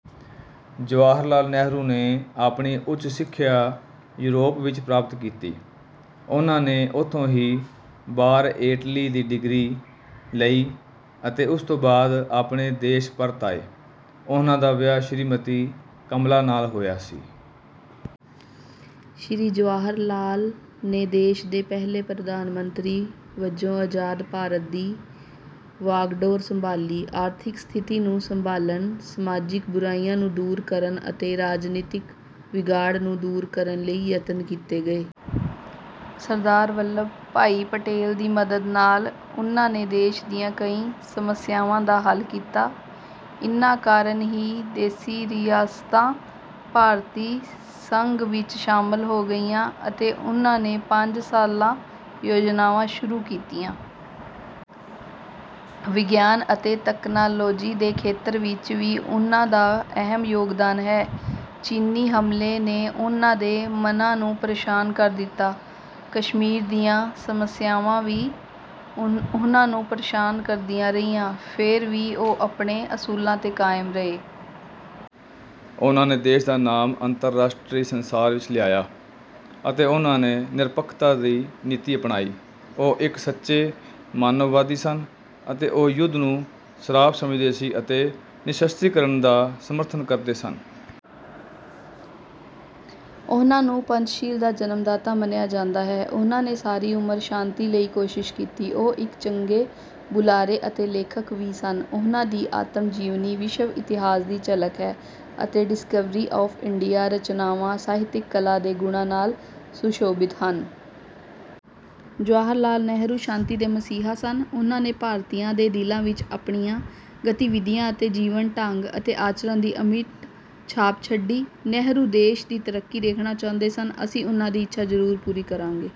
ਜਵਾਹਰ ਲਾਲ ਨਹਿਰੂ ਨੇ ਆਪਣੀ ਉੱਚ ਸਿੱਖਿਆ ਯੂਰਪ ਵਿੱਚ ਪ੍ਰਾਪਤ ਕੀਤੀ। ਉਹਨਾਂ ਨੇ ਉਥੋਂ ਹੀ ਬਾਰ. ਏਟ. ਲੀ ਦੀ ਡਿਗਰੀ ਲਈ ਅਤੇ ਉਸ ਤੋਂ ਬਾਅਦ ਆਪਣੇ ਦੇਸ਼ ਪਰਤ ਆਏ। ਉਹਨਾਂ ਦਾ ਵਿਆਹ ਸ਼੍ਰੀਮਤੀ ਕਮਲਾ ਨਾਲ ਹੋਇਆ ਸੀ। ਸ਼੍ਰੀ ਜਵਾਹਰ ਲਾਲ ਨੇ ਦੇਸ਼ ਦੇ ਪਹਿਲੇ ਪ੍ਰਧਾਨ ਮੰਤਰੀ ਵਜੋਂ ਆਜ਼ਾਦ ਭਾਰਤ ਦੀ ਵਾਗਡੋਰ ਸੰਭਾਲੀ। ਆਰਥਿਕ ਸਥਿਤੀ ਨੂੰ ਸੰਭਾਲਣ, ਸਮਾਜਿਕ ਬੁਰਾਈਆਂ ਨੂੰ ਦੂਰ ਕਰਨ ਅਤੇ ਰਾਜਨੀਤਿਕ ਵਿਗਾੜ ਨੂੰ ਦੂਰ ਕਰਨ ਲਈ ਯਤਨ ਕੀਤੇ ਗਏ। ਸਰਦਾਰ ਵੱਲਭ ਭਾਈ ਪਟੇਲ ਦੀ ਮਦਦ ਨਾਲ ਉਨ੍ਹਾਂ ਨੇ ਦੇਸ਼ ਦੀਆਂ ਕਈ ਸਮੱਸਿਆਵਾਂ ਦਾ ਹੱਲ ਕੀਤਾ। ਇਨ੍ਹਾਂ ਕਾਰਨ ਹੀ ਦੇਸੀ ਰਿਆਸਤਾਂ ਭਾਰਤੀ ਸੰਘ ਵਿੱਚ ਸ਼ਾਮਲ ਹੋ ਗਈਆਂ। ਅਤੇ ਉਹਨਾਂ ਨੇ ਪੰਜ ਸਾਲਾ ਯੋਜਨਾਵਾਂ ਸ਼ੁਰੂ ਕੀਤੀਆਂ। ਵਿਗਿਆਨ ਅਤੇ ਤਕਨਾਲੋਜੀ ਦੇ ਖੇਤਰ ਵਿੱਚ ਵੀ ਉਨ੍ਹਾਂ ਦਾ ਅਹਿਮ ਯੋਗਦਾਨ ਹੈ। ਚੀਨੀ ਹਮਲੇ ਨੇ ਉਨ੍ਹਾਂ ਦੇ ਮਨਾਂ ਨੂੰ ਪਰੇਸ਼ਾਨ ਕਰ ਦਿੱਤਾ। ਕਸ਼ਮੀਰ ਦੀਆਂ ਸਮੱਸਿਆਵਾਂ ਵੀ ਉਹਨਾਂ ਨੂੰ ਪ੍ਰੇਸ਼ਾਨ ਕਰਦੀਆਂ ਰਹੀਆਂ। ਫਿਰ ਵੀ ਉਹ ਆਪਣੇ ਅਸੂਲਾਂ 'ਤੇ ਕਾਇਮ ਰਹੇ। ਉਹਨਾਂ ਨੇ ਦੇਸ਼ ਦਾ ਨਾਮ ਅੰਤਰਰਾਸ਼ਟਰੀ ਸੰਸਾਰ ਵਿੱਚ ਲਿਆਇਆ। ਅਤੇ ਉਹਨਾਂ ਨੇ ਨਿਰਪੱਖਤਾ ਦੀ ਨੀਤੀ ਅਪਣਾਈ। ਉਹ ਇੱਕ ਸੱਚੇ ਮਾਨਵਵਾਦੀ ਸਨ ਅਤੇ ਉਹ ਯੁੱਧ ਨੂੰ ਸਰਾਪ ਸਮਝਦੇ ਸੀ ਅਤੇ ਨਿਸ਼ਸਤਰੀਕਰਨ ਦਾ ਸਮਰਥਨ ਕਰਦੇ ਸਨ। ਉਹਨਾਂ ਨੂੰ ਪੰਚਸ਼ੀਲ ਦਾ ਜਨਮਦਾਤਾ ਮੰਨਿਆ ਜਾਂਦਾ ਹੈ। ਉਹਨਾਂ ਨੇ ਸਾਰੀ ਉਮਰ ਸ਼ਾਂਤੀ ਲਈ ਕੋਸ਼ਿਸ਼ ਕੀਤੀ। ਉਹ ਇੱਕ ਚੰਗੇ ਬੁਲਾਰੇ ਅਤੇ ਲੇਖਕ ਵੀ ਸਨ। ਉਹਨਾਂ ਦੀ 'ਆਤਮਜੀਵਨੀ' ਵਿਸ਼ਵ ਇਤਿਹਾਸ ਦੀ ਝਲਕ ਹੈ ਅਤੇ 'ਡਿਸਕਵਰੀ ਆਫ਼ ਇੰਡੀਆ' ਰਚਨਾਵਾਂ ਸਾਹਿਤਕ ਕਲਾ ਦੇ ਗੁਣਾਂ ਨਾਲ ਸੁਸ਼ੋਭਿਤ ਹਨ। ਜਵਾਹਰ ਲਾਲ ਨਹਿਰੂ ਸ਼ਾਂਤੀ ਦੇ ਮਸੀਹਾ ਸਨ। ਉਹਨਾਂ ਨੇ ਭਾਰਤੀਆਂ ਦੇ ਦਿਲਾਂ ਵਿੱਚ ਆਪਣੀਆਂ ਗਤੀਵਿਧੀਆਂ ਅਤੇ ਜੀਵਨ ਢੰਗ ਅਤੇ ਆਚਰਣ ਦੀ ਅਮਿੱਟ ਛਾਪ ਛੱਡੀ। ਨਹਿਰੂ ਦੇਸ਼ ਦੀ ਤਰੱਕੀ ਦੇਖਣਾ ਚਾਹੁੰਦੇ ਸਨ। ਅਸੀਂ ਉਨ੍ਹਾਂ ਦੀ ਇੱਛਾ ਜ਼ਰੂਰ ਪੂਰੀ ਕਰਾਂਗੇ।